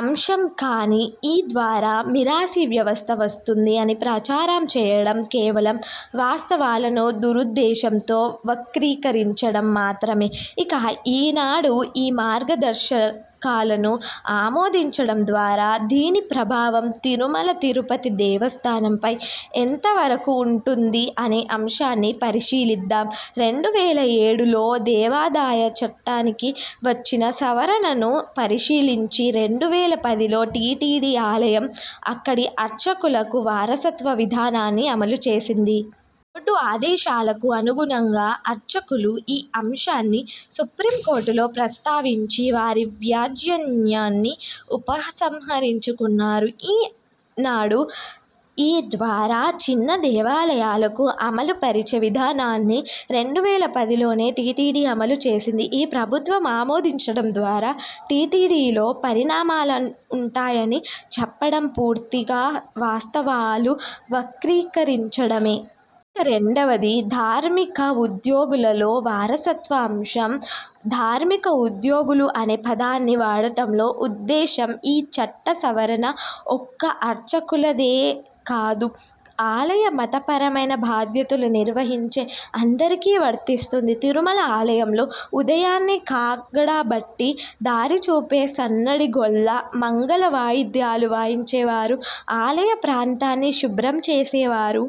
అంశం. కానీ ఈ ద్వారా మీరాసీ వ్యవస్థ వస్తుంది అని ప్రచారం చేయడం కేవలం వాస్తవాలను దురుద్దేశంతో వక్రీకరించడం మాత్రమే. ఇక ఈనాడు ఈ మార్గదర్శకాలను ఆమోదించడం ద్వారా దీని ప్రభావం తిరుమల తిరుపతి దేవస్థానంపై ఎంతవరకు ఉంటుంది అనే అంశాన్ని పరిశీలిద్దాం. రెండు వేల ఏడులో దేవాదాయ చట్టానికి వచ్చిన సవరణను పరిశీలించి రెండు వేల పదిలో టీటీడీ ఆలయం అక్కడి అర్చకులకు వారసత్వ విధానాన్ని అమలుచేసింది. బోర్డు ఆదేశాలకు అనుగుణంగా అర్చకులు ఈ అంశాన్ని సుప్రీం కోర్టులో ప్రస్తావించి వారి వాద్యాన్యాన్ని ఉపసంహరించుకున్నారు. ఈనాడు ఈ ద్వారా చిన్న దేవాలయాలకు అమలుపరిచే విధానాన్ని రెండు వేల పదిలోనే టీటీడీ అమలు చేసింది. ఈ ప్రభుత్వం ఆమోదించడం ద్వారా టీటీడీలో పరిణామాలుంటాయని చెప్పడం పూర్తిగా వాస్తవాలు వక్రీకరించడమే. ఇక రెండవది ధార్మిక ఉద్యోగులలో వారసత్వ అంశం. ధార్మిక ఉద్యోగులు అనే పదాన్ని వాడటంలో ఉద్దేశం ఈ చట్ట సవరణ ఒక్క అర్చకులదేకాదు ఆలయ మతపరమైన బాధ్యతలు నిర్వహించే అందరికీ వర్తిస్తుంది. తిరుమల ఆలయంలో ఉదయాన్నే కాగడా బట్టి దారిచూపే సన్నఢి గొల్ల మంగళవాయిద్యాలు వాయించేవారు, ఆలయ ప్రాంతాన్ని శుభ్రంచేసేవారు.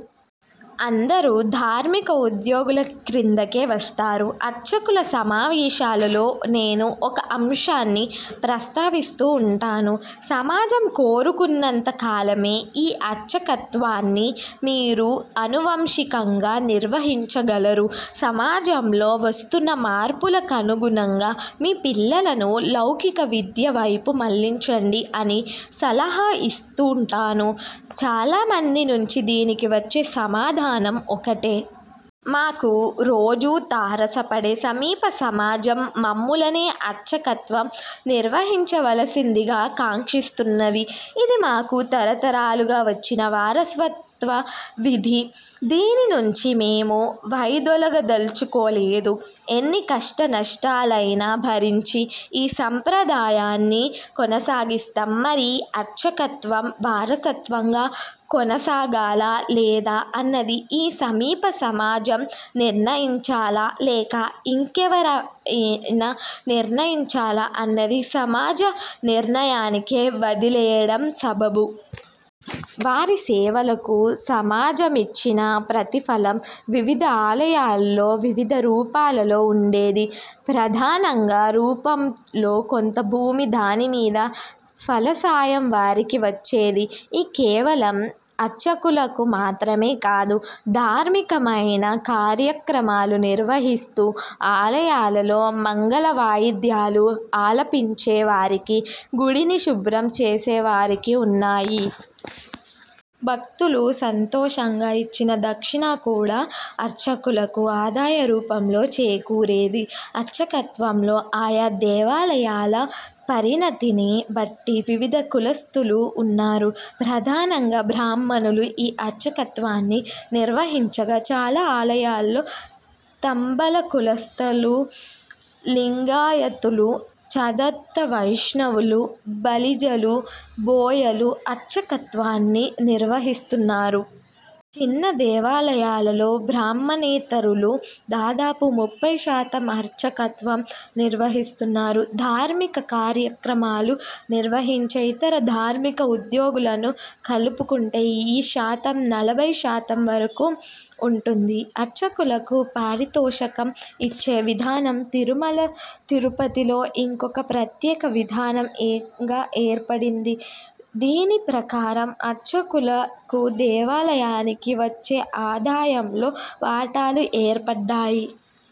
అందరు ధార్మిక ఉద్యోగుల క్రిందకే వస్తారు. అర్చకుల సమావేశాలలో నేను ఒక అంశాన్ని ప్రస్తావిస్తూ ఉంటాను. సమాజం కోరుకున్నంత కాలమే ఈ అర్చకత్వాన్ని మీరు అనువంశికంగా నిర్వహించగలరు. సమాజంలో వస్తున్న మార్పులకనుగుణంగా మీ పిల్లలను లౌకికవిద్య వైపు మళ్ళించండి అని సల హా ఇస్తుంటాను. చాలామంది నుంచి దీనికివచ్చే సమాధానం ఒకటే. మాకు రోజూ తారసపడే సమీప సమాజం మమ్ములనే అర్చకత్వం నిర్వహించవలసిందిగా కాంక్షిస్తున్నది. ఇది మాకు తరతరాలుగా వచ్చిన వారసత్వ విధి. దీని నుంచి మేము వైదొలగదల్చుకోలేదు. ఎన్నికష్టనష్టాలైనా భరించి ఈ సాంప్రదాయాన్ని కొనసాగిస్తాం. మరి అర్చకత్వం వారసత్వంగా కొనసాగాలా లేదా అన్నది ఈ సమీప సమాజం నిర్ణయించాలా, లేక ఇంకెవరైనా నిర్ణయించాలా అన్నది సమాజ నిర్ణయానికే వదిలేయడం సబబు. వారి సేవలకు సమాజమిచ్చిన ప్రతిఫలం వివిధ ఆలయాలలో వివిధ రూపాలలో ఉండేది. ప్రధానంగా రూపంలో కొంత భూమి దాని మీద ఫలసాయం వారికి వచ్చేది. ఈ కేవలం అర్చకులకు మాత్రమే కాదు ధార్మికమైన కార్యమ్రాలు నిర్వహిస్తూ ఆలయాలలో మంగళవాయిద్యాలు ఆలపించే వారికి గుడిని శుభ్రంచేసే వారికి ఉన్నాయి. భక్తులు సంతోషంగా ఇచ్చిన దక్షిణ కూడా అర్చకులకు ఆదాయ రూపంలో చేకూరేది. అర్చకత్వంలో ఆయా దేవాలయాల పరిణతిని బట్టి వివిధ కులస్థులు ఉన్నారు. ప్రధానంగా బ్రాహ్మణులు ఈ అర్చకత్వాన్ని నిర్వహించగా చాలా ఆలయాలలో తంబల్ల కులస్థులు, లింగాయతులు, చాద్ధాత వైష్ణవులు, బలిజలు, బోయలు అర్చకత్వాన్ని నిర్వహిస్తున్నారు. చిన్న దేవాలయాలలో బ్రాహ్మణేతరులు దాదాపు ముప్పై శాతం అర్చకత్వం నిర్వహిస్తున్నారు. ధార్మిక కార్యక్రమాలు నిర్వహించే ఇతర ధార్మిక ఉద్యోగులను కలుపుకుంటే ఈ శాతం నలభైశాతం వరకు ఉంటుంది. అర్చకులకు పారితోషకం ఇచ్చే విధానం తిరుమల తిరుపతిలో ఇంకొక ప్రత్యేక విధానంగా ఏర్పడింది. దీని ప్రకారం అర్చకులకు దేవాలయానికి వచ్చే ఆదాయంలో వాటాలు ఏర్పడ్డాయి.